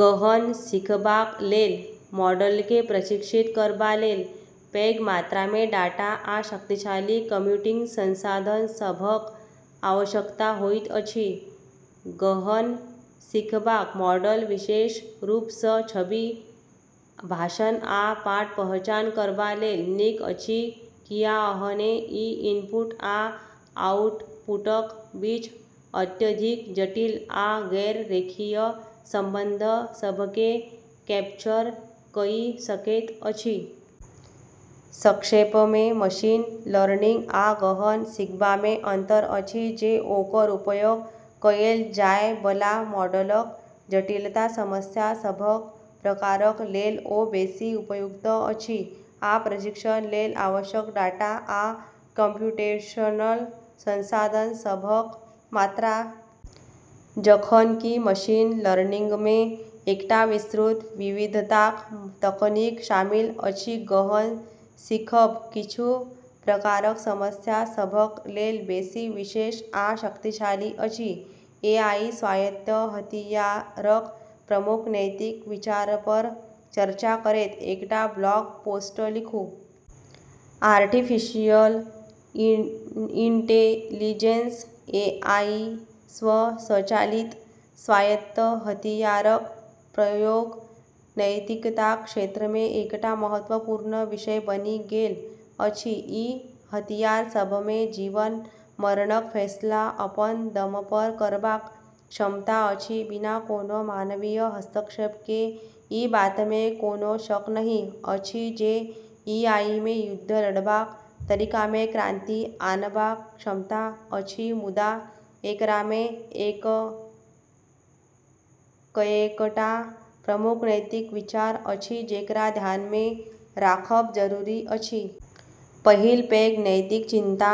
गहन सिखबाक लेल मॉडलकेँ प्रशिक्षित करबा लेल पैघ मात्रामे डाटा आ शक्तिशाली कंप्यूटिंग संसाधन सभक आवश्यकता होइत अछि। गहन सिखबाक मॉडल विशेष रूप सँ छवि, भाषण आ पाठ पहचान करबा लेल नीक अछि, कियाकअहने ई इनपुट आ आउटपुटक बीच अत्यधिक जटिल आ गैर-रेखीय संबंध सभकेँ कैप्चर कइ सकैत अछि। संक्षेपमे, मशीन लर्निंग आ गहन सिखबामे अंतर अछि जे ओकर उपयोग कएल जाए बला मॉडलक जटिलता, समस्या सभक प्रकारक लेल ओ बेसी उपयुक्त अछि, आ प्रशिक्षण लेल आवश्यक डाटा आ कम्प्यूटेशनल संसाधन सभक मात्रा। जखन कि मशीन लर्निंगमे एकटा विस्तृत विविधताक तकनीक शामिल अछि, गहन सिखब किछु प्रकारक समस्या सभक लेल बेसी विशेष आ शक्तिशाली अछि। एआई स्वायत्त हथियारक प्रमुख नैतिक विचारपर चर्चा करैत एकटा ब्लॉग पोस्ट लिखू। आर्टिफिशियल इंटेलिजेंस (एआई) सँ संचालित स्वायत्त हथियारक प्रयोग नैतिकताक क्षेत्रमे एकटा महत्वपूर्ण विषय बनि गेल अछि। ई हथियार सभमे जीवन-मरणक फैसला अपन दमपर करबाक क्षमता अछि, बिना कोनो मानवीय हस्तक्षेप केँ। ई बातमे कोनो शक नहि अछि जे एआईमे युद्ध लड़बाक तरीकामे क्रांति आनबाक क्षमता अछि, मुदा एकरामे कएकटा प्रमुख नैतिक विचार अछि जेकरा ध्यानमे राखब जरूरी अछि। पहिल पैघ नैतिक चिंता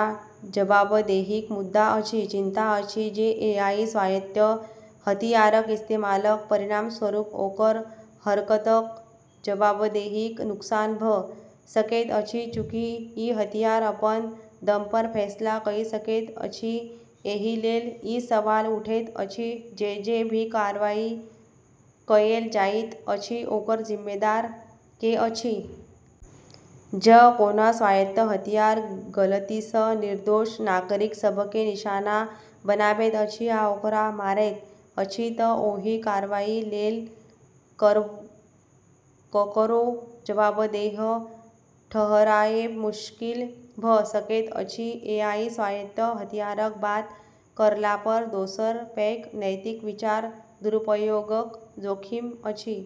जवाबदेहीक मुद्दा अछि। चिंता अछि जे एआई स्वायत्त हथियारक इस्तेमालक परिणामस्वरूप ओकर हरकतक जवाबदेहीक नुकसान भऽ सकैत अछि। चूँकि ई हथियार अपन दमपर फैसला कइ सकैत अछि, एहिलेल ई सवाल उठैत अछि जे जे भी कार्रवाई कएल जाइत अछि ओकर जिम्मेदार के अछि। जँ कोनो स्वायत्त हथियार गलतीसँ निर्दोष नागरिक सभकेँ निशाना बनाबैत अछि आ ओकरा मारैत अछि तँ ओही कार्रवाई लेल ककरो जवाबदेह ठहराएब मुश्किल भऽ सकैत अछि। एआई स्वायत्त हथियारक बात करलापर दोसर पैघ नैतिक विचार दुरुपयोगक जोखिम अछि।